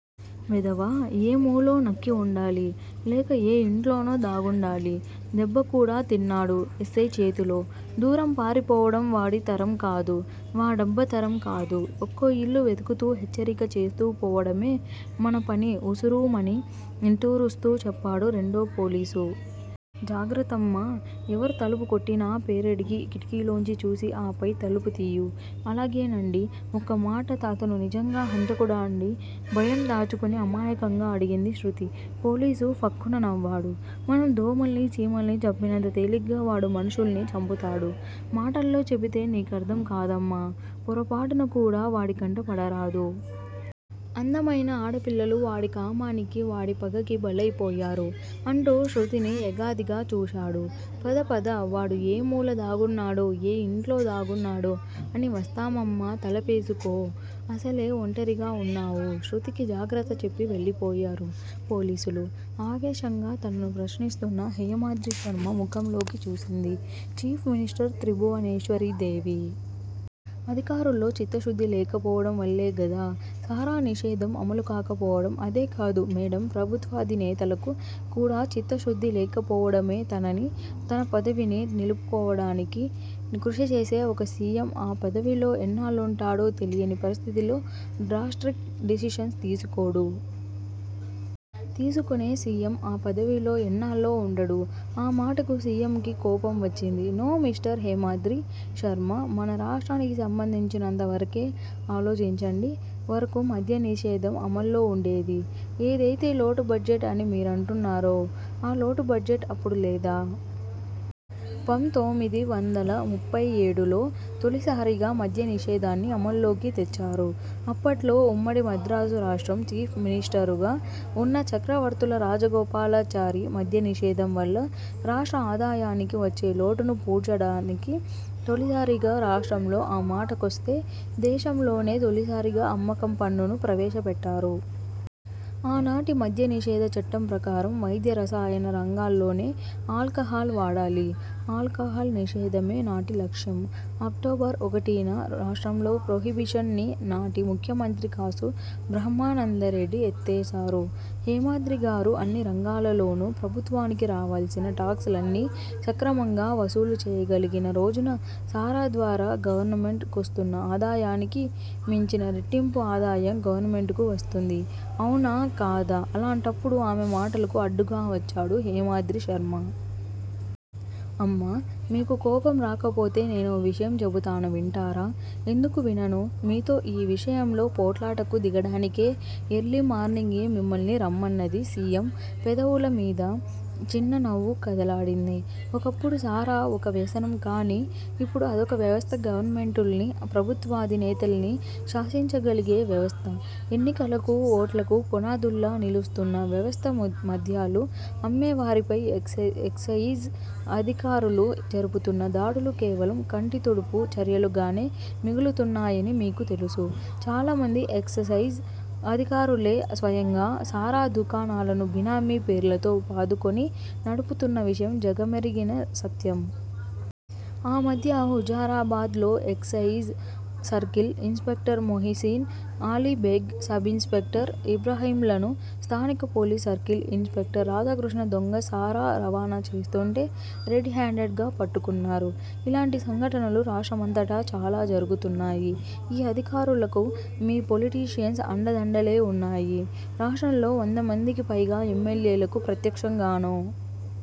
వెధవ ఏ మూలో నక్కి వుండాలి. లేక ఏ ఇంట్లోనో దాగుండాలి. దెబ్బకూడా తిన్నాడు ఎస్సై చేతిలో, దూరం పారిపోవడం వాడి తరంకాదు, వాడబ్బ తరం కాదు. ఒక్కో ఇల్లు వెతుకుతూ హెచ్చరిక చేస్తూ పోవడమే మన పని ఉసూరుమని నిట్టూరుస్తూ చెప్పాడు రెండో పోలీసు. జాగ్రత్తమ్మా! ఎవరు తలుపుకొట్టినా పేరడిగి కిటికీ లోంచి చూసి ఆపై తలుపు తియ్యు. అలాగేనండి. ఒక్కమాట అతను నిజంగా హంతకుడాండి? భయం దాచుకుని అమాయకంగా అడిగింది శృతి. పోలీసు ఫక్కున నవ్వాడు. మనం దోమల్ని చీమల్ని చంపినంత తేలిగ్గా వాడు మనుషుల్ని చంపుతాడు. మాటల్లో చెపితే నీకర్థం కాదమ్మా పోరపాటునకూడా వాడి కంట పడరాదు. అందమైన ఆడపిల్లలు వాడి కామానికి, వాడి పగకి బలయిపోయారు. అంటూ శృతిని ఎగాదిగా చూశాడు. పద పద, వాడు ఏమూల దాగున్నాడో, ఏ ఇంట్లో దాగున్నాడో అని వస్తామమ్మా తలుపేసుకో, అసలే ఒంటరిగా వున్నావు శ్రుతికి జాగ్రత్త చెప్పి వెళ్ళిపోయారు పోలీసులు. ఆవేశంగా తనను ప్రశ్నిస్తున్న హేమాద్రిశర్మ ముఖంలోకి చూసింది చీఫ్ మినిస్టర్ త్రిభువనేశ్వరీదేవి. అధికారుల్లో చిత్తశుద్ది లేకపోవడం వల్లేగదా సారా నిషేధం అమలు కాకపోవడం అదే కాదు మేడమ్ ప్రభుత్వాధినేతలకు కూడా చిత్తశుద్ది లేక పోవడమే తనని, తన పదవిని నిలుపుకోడానికి కృషి చేసే ఒక సి. ఎమ్. ఆ పదవిలో ఎన్నాళ్ళుంటాడో తెలియని పరిస్థితిలో డ్రాస్టిక్ డెసిషన్స్ తీసుకోడు. తీసుకునే సి. ఎమ్ ఆ పదవిలో ఎన్నాళ్ళో ఉండడు ఆ మాటకు సి. ఎమ్ కి కోపం వచ్చింది. నో మిస్టర్ హేమాద్రి శర్మ మన రాష్ట్రానికి సంబంధించినంత వరకే ఆలోచించండి వరకు మధ్యనిషేధం అమల్లో ఉండేది. ఏదయితే లోటుబడ్జెట్ అని మీరంటున్నారో, ఆ లోటు బడ్జెట్ అప్పుడు లేదా? పంతోమిది వందల ముప్పై ఏడు లో తొలిసారిగా మద్యనిషేధాన్ని అమల్లోకి తెచ్చారు. అప్పట్లో ఉమ్మడి మద్రాసు రాష్ట్రం చీఫ్ మినిస్టరుగా ఉన్న చక్రవర్తుల రాజగోపాలాచారి మధ్యనిషేధం వల్ల రాష్ట్ర ఆదాయానికి వచ్చే లోటును పూడ్చదానికి తొలిసారిగా రాష్ట్రంలో, ఆ మాటకొస్తే దేశంలోనే తొలిసారిగా అమ్మకం పన్ను ను ప్రవేశపెట్టారు. ఆనాటి మద్యనిషేధ చట్టం ప్రకారం వైద్య రసాయన రంగాల్లోనే ఆల్కహాల్ వాడాలి ఆల్కహాల్ నిషేధమే నాటి లక్ష్యం. అక్టోబర్ ఒకటీ న రాష్ట్రంలో ప్రొహిబిషన్ ని నాటి ముఖ్యమంత్రి కాసు బ్రహ్మానందరెడ్డి ఎత్తేసారు. హేమాద్రిగారూ అన్ని రంగాలలోనూ ప్రభుత్వానికి రావాల్సిన టాక్స్ లన్నీ సక్రమంగా వసూలు చేయగలిగిన రోజున సారా ద్వారా గవర్నమెంట్ కొస్తున్న ఆదాయానికి మించిన రెట్టింపు ఆదాయం గవర్నమెంట్ కు వస్తుంది అవునా కాదా అలాంటప్పుడు ఆమె మాటలకు అడ్డుగా వచ్చాడు హేమాద్రిశర్మ. అమ్మా! మీకు కోపం రాకపోతే నేనో విషయం చెపుతాను వింటారా? ఎందుకు వినను? మీతో ఈ విషయంలో పోట్లాటకు దిగడానికే ఎర్లీ మార్నింగే మిమ్మల్ని రమ్మన్నది సి. ఎమ్ పెదవుల మీద చిన్న నవ్వు కదలాడింది. ఒకప్పుడు సారా ఒక వ్యసనం కానీ ఇప్పుడు అదొక వ్యవస్థ గవర్నమెంటుల్ని, ప్రభుత్వాధినేతల్నీ శాసించగలిగే వ్యవస్థ ఎన్నికలకూ, ఓట్లకూ పునాదుల్లా నిలుస్తున్న వ్యవస్థ మద్యాలు అమ్మేవారిపై ఎక్సయిజ్ అధికారులు జరుపుతున్న దాడులు కేవలం కంటితుడుపు చర్యలుగానే మిగులుతున్నాయని మీకు తెలుసు- చాలామంది ఎక్సయిజ్ అధికారులే స్వయంగా సారా దుకాణాలను బినామీ పేర్లతో పాదుకొని నడుపుతున్న విషయం జగమెరిగిన సత్యం. ఆ మధ్య హుజురాబాద్ లో excise circle inspector Mohsin Ali Beg, sub inspector ఇబ్రాహీంలను, స్థానిక police circle inspector Radhakrishna దొంగ సారా రవాణా చేస్తుంటే రెడ్ హండెడ్ గా పట్టుకున్నారు. ఇలాంటి సంఘటనలు రాష్ట్రమంతటా చాలా జరుగుతున్నాయి. ఈ అధికారులకు మీ పొలిటీషియన్స్ అండదండలే వున్నాయి. రాష్ట్రంలో వందమందికి పైగా ఎమ్మెల్యేలకు ప్రత్యక్షంగానో,